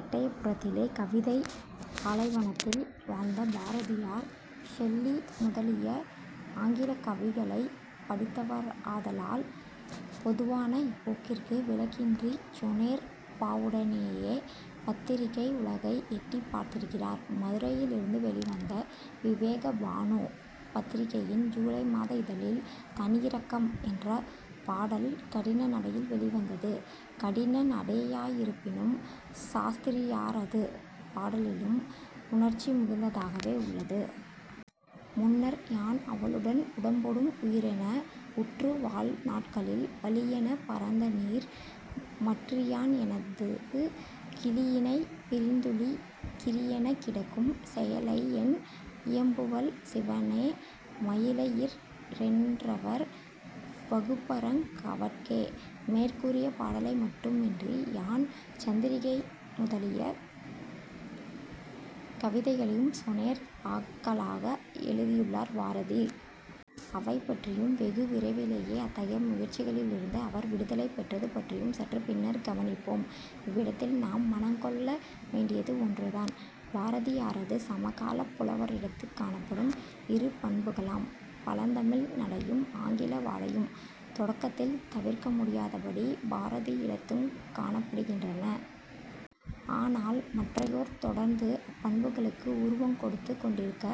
எட்டயபுரத்திலே கவிதைப் பாலைவனத்தில் வாழ்ந்த பாரதியார் ஷெல்லி முதலிய ஆங்கிலக் கவிகளைப் படித்தவராதலால், பொதுவான இப்போக்கிற்கு விலக்கின்றிச் 'சொனேற்' பாவுடனேயே பத்திரிகை உலகை எட்டிப் பார்த்திருக்கிறார். மதுரையிலிருந்து வௌிவந்த "விவேகபானு" பத்திரிகையின் ஜூலை மாத இதழில் தனியிரக்கம் என்ற பாடல் கடினநடையில் வௌிவந்தது, கடின நடையாயிருப்பினும் சாஸ்திரிரியாரது பாடலிலும் உணர்ச்சி மிகுந்ததாகவே உள்ளது. முன்னர் யான் அவளுடன் உடம்பொடும் உயிரென உற்று வாழ் நாட்களில் வளியென பறந்தநீர் மற்றியான் எனாது கிளியினைப் பிரிந்துழிக் கிரியெனக் கிடக்கும் செயலையென் இயம்புவல் சிவனே மயலையிற் றென்றெவர் வகுப்பரங் கவட்கே. " மேற்கூறிய பாடலை மட்டுமன்றி யான், சந்திரிகை முதலிய கவிதைகளையும் சொனேற் பாக்களாக எழுதியுள்ளார் பாரதி. அவை பற்றியும் வெகு விரைவிலேயே அத்தகைய முயற்சிகளிலிருந்து அவர் 'விடுதலை' பெற்றது பற்றியும் சற்றுப் பின்னர் கவனிப்போம். இவ்விடத்தில் நாம் மனங்கொள்ள வேண்டியது ஒன்று தான். பாரதியாரது சமகாலப் புலவரிடத்துக் காணப்படும் இரு பண்புகளாம் பழந்தமிழ் நடையும், ஆங்கில வாடையும் தொடக்கத்தில் தவிர்க்க முடியாதபடி பாரதியிடத்துங் காணப்படுகின்றன. ஆனால் மற்றையோர் தொடர்ந்து அப்பண்புகளுக்கு உருவங்கொடுத்துக் கொண்டிருக்க,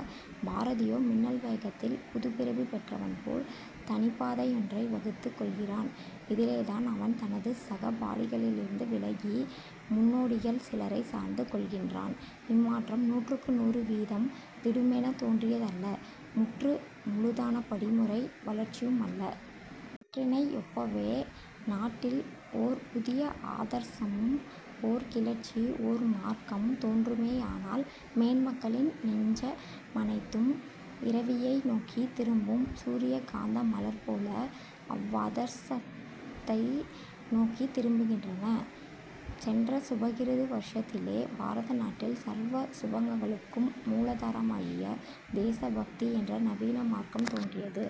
பாரதியோ மின்னல் வேகத்தில் புதுப்பிறவி பெற்றவன் போல் தனிப்பாதையொன்றை வகுத்துக் கொள்கிறான். இதிலேதான் அவன் தனது சகபாடிகளிலிருந்து விலகி, முன்னோடிகள் சிலரைச் சார்ந்து கொள்கின்றான். இம்மாற்றம் நூற்றுக்கு நூறு வீதம் திடுமெனத் தோன்றியது அல்ல; முற்று முழுதானபடிமுறை வளர்ச்சியுமல்ல. இவற்றினை யொப்பவே, நாட்டில் ஓர் புதிய ஆதர்சம்-ஒர் கிளர்ச்சி-ஓர் மார்க்கம் தோன்றுமேயானால் மேன்மக்களின் நெஞ்ச மனைத்தும் இரவியை நோக்கித் திரும்பும் சூரிய காந்த மலர்போல அவ்வாதர்சத்தை நோக்கித் திரும்புகின்றன. சென்ற சுபகிருது வருஷத்திலே பாரத நாட்டில் சர்வ சுபங்களுக்கும் மூலாதாரமாகிய "தேசபக்தி" என்ற நவீன மார்க்கம் தோன்றியது,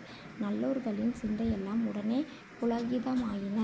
நல்லோர்களின் சிந்தையெல்லாம் உடனே புளகிதமாயின.